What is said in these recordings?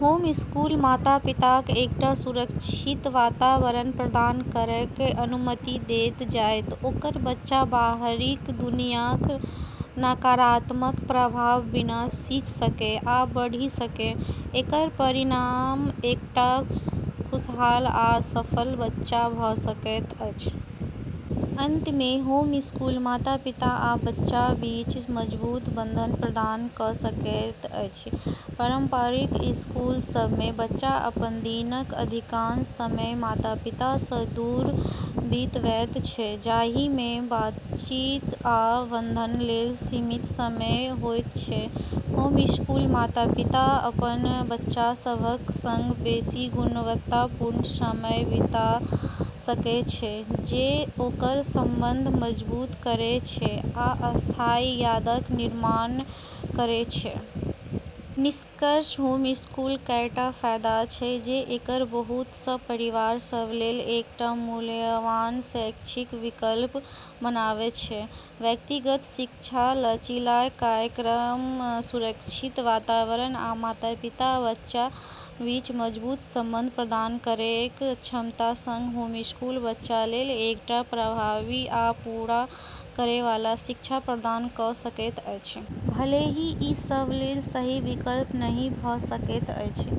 Homeschool माता-पिताकेँ एकटा सुरक्षित वातावरण प्रदान करैके अनुमति दैत छै जतए ओकर बच्चा बाहरी दुनियाक नकारात्मक प्रभावक बिना सीख सकै आ बढ़ि सकै। एकर परिणाम एकटा खुशहाल आ सफल बच्चा भऽ सकैत अछि। अंतमे, होमस्कूल माता-पिता आ बच्चाक बीच मजबूत बंधन प्रदान कऽ सकैत अछि। पारंपरिक स्कूल सभमे बच्चा अपन दिनक अधिकांश समय माता-पितासँ दूर बितबैत छै, जाहिमे बातचीत आ बंधनलेल सीमित समय होइत छै। होमस्कूलसँ माता-पिता अपन बच्चा सभक संग बेसि गुणवत्तापूर्ण समय बिता सकैत छै, जे ओकर संबंध मजबूत करैत छै आ स्थायी यादक निर्माण करैत छै। निष्कर्षतः होमस्कूलक कईटा फायदा छै जे एकरा बहुत सँ परिवार सभलेल एकटा मूल्यवान शैक्षिक विकल्प बनाबैत छै। व्यक्तिगत शिक्षा, लचीला कार्यक्रम, सुरक्षित वातावरण, आ माता-पिता-बच्चाक बीच मजबूत बंधन प्रदान करैकेँ क्षमताक संग, होमस्कूल बच्चालेल एकटा प्रभावी आ पूरा करै वाला शिक्षा प्रदान कऽ सकैत अछि। भले ही ई सभलेल सही विकल्प नहि भऽ सकैत अछि,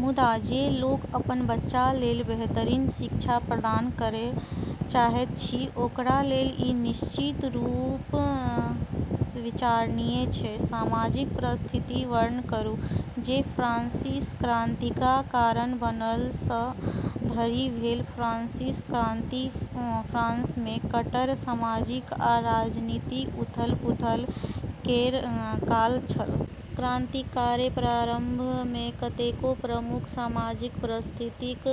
मुदा जे लोक अपन बच्चालेल बेहतरीन शिक्षा प्रदान करै चाहैत छै, ओकरालेल ई निश्चित रूपसँ विचारणीय छै। सामाजिक परिस्थितिक वर्णन करू जे फ्रांसीसी क्रांतिका कारण बनल सँ धरि भेल फ्रांसीसी क्रांति फ्रांसमे कट्टर सामाजिक आ राजनीतिक उथल-पुथल केर काल छल। क्रांतिकेँ प्रारंभमे कतेको प्रमुख सामाजिक परिस्थितिक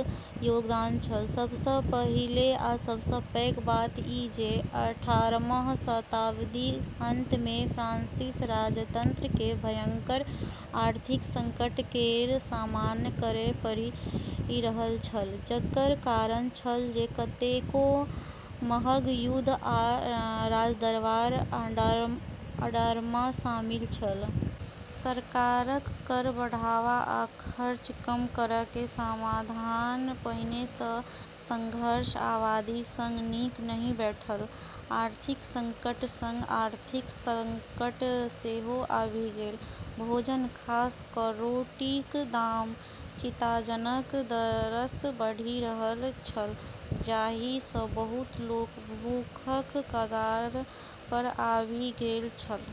योगदान छल। सबसँ पहिने आ सबसँ पैघ बात ई जे अठारहम शताब्दीक अंतमे फ्रांसीसी राजतंत्रकेँ भयंकर आर्थिक संकट केर सामना करै पड़ि रहल छल, जकर कारण छल जे कतेको महग युद्ध आ राजदरबारक आडंबरमे शामिल छल। सरकारक कर बढ़ाबै आ खर्च कम करैकेँ समाधान पहिनेसँ संघर्षरत आबादीक संग नीक नहि बैठलै। आर्थिक संकटक संग आर्थिक संकट सेहो आबि गेल। भोजन खास कऽ रोटीक दाम चिंताजनक दरसँ बढ़ि रहल छल, जाहिसँ बहुत लोक भूखक कगारपर आबि गेल छल।